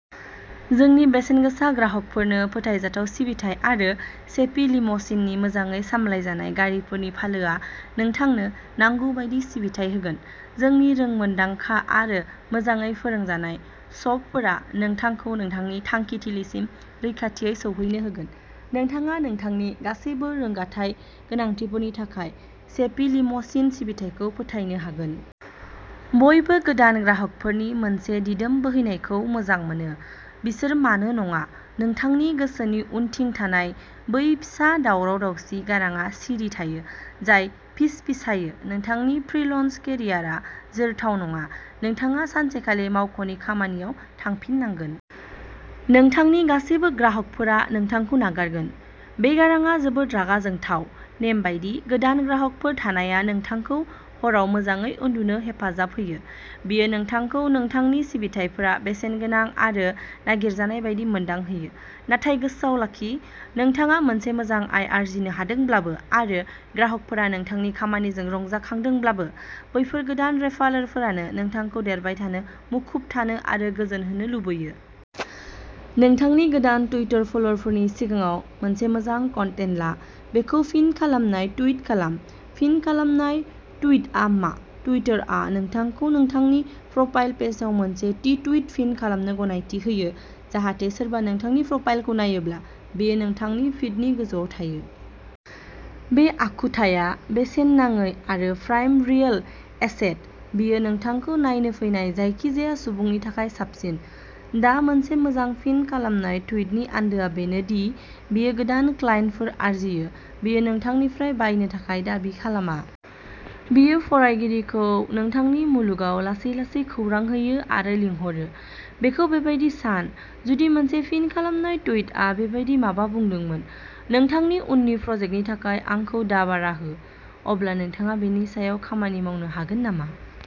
जोंनि बेसेनगोसा ग्राहकफोरनो फोथायजाथाव सिबिथाइ आरो फोथायजाथाव सिबिथाइ। चेफि लिम'सिननि मोजाङै सामलायजानाय गारिफोरनि फालोआ नोंथांनो नांगौ बायदि सिबिथाइ होगोन। जोंनि रोंमोन्दांखा आरो मोजाङै फोरोंजानाय श'फफोरा नोंथांखौ नोंथांनि थांखिथिलिसिम रैखाथियै सौहैनो होगोन। नोंथाङा नोंथांनि गासैबो रोगाथाइ गोनांथिफोरनि थाखाय चेफि लिम'सिन सिबिथाइखौ फोथायनो हागोन। बयबो गोदान ग्राहकफोरनि मोनसे दिदोम बोहैनायखौ मोजां मोनो। बिसोर मानो नङा? नोंथांनि गोसोनि उनथिं थानाय बै फिसा दावराव-दावसि गारांआ सिरि थायो, जाय फिसफिसायो, "नोंथांनि फ्रीलान्स केरियारआ जोरथाव नङा। नोंथाङा सानसेखालि मावख'नि खामानियाव थांफिननांगोन। नोंथांनि गासिबो ग्राहकफोरा नोंथांखौ नागारगोन। " बे गारांआ जोबोद रागा जोंथाव। नेमबादि गोदान ग्राहकफोर थानाया नोंथांखौ हराव मोजाङै उन्दुनो हेफाजाब होयो। बेयो नोंथांखौ नोंथांनि सिबिथाइफोरा बेसेनगोनां आरो नागिरजानाय बायदि मोनदांहोयो। नाथाय गोसोआव लाखिः नोंथाङा मोनसे मोजां आय आर्जिनो हादोंब्लाबो आरो ग्राहकफोरा नोंथांनि खामानिजों रंजाखांदोंब्लाबो, बैफोर गोदान रेफारेलफोरानो नोंथांखौ देरबाय थानो, मुखुब थानो आरो गोजोन होनो लुबैयो। नोंथांनि गोदान टुइटार फलोअरफोरनि सिगाङाव मोनसे मोजां कन्टेन्ट ला? बेखौ पिन खालामनाय टुइट खालाम। पिन खालामनाय ट्विटआ मा? ट्विटरआ नोंथांखौ नोंथांनि प्रफाइल पेजआव मोनसे थि ट्विट पिन खालामनो गनायथि होयो, जाहाथे सोरबा नोंथांनि प्रफाइलखौ नायोब्ला बेयो नोंथांनि फिडनि गोजौआव थायो। बे आखुथाया बेसेन नाङै आरो प्राइम रियेल एस्टेट-बेयो नोंथांखौ नायनो फैनाय जायखिजाया सुबुंनि थाखाय साबसिन। दा, मोनसे मोजां पिन खालामनाय ट्विटनि आन्दोआ बेनो दि बेयो गोदान क्लाइन्टफोर आरजियो-बेयो नोंथांनिफ्राय बायनो थाखाय दाबि खालामा। बेयो फरायगिरिखौ नोंथांनि मुलुगाव लासै-लासै खौरां होयो आरो लिंहरो। बेखौ बेबायदि सानः जुदि मोनसे पिन खालामनाय ट्विटआ बेबादि माबा बुंदोंमोन, "नोंथांनि उननि प्रजेक्टनि थाखाय आंखौ दा भारा हो", अब्ला नोंथाङा बेनि सायाव खामानि मावनो हागोन नामा?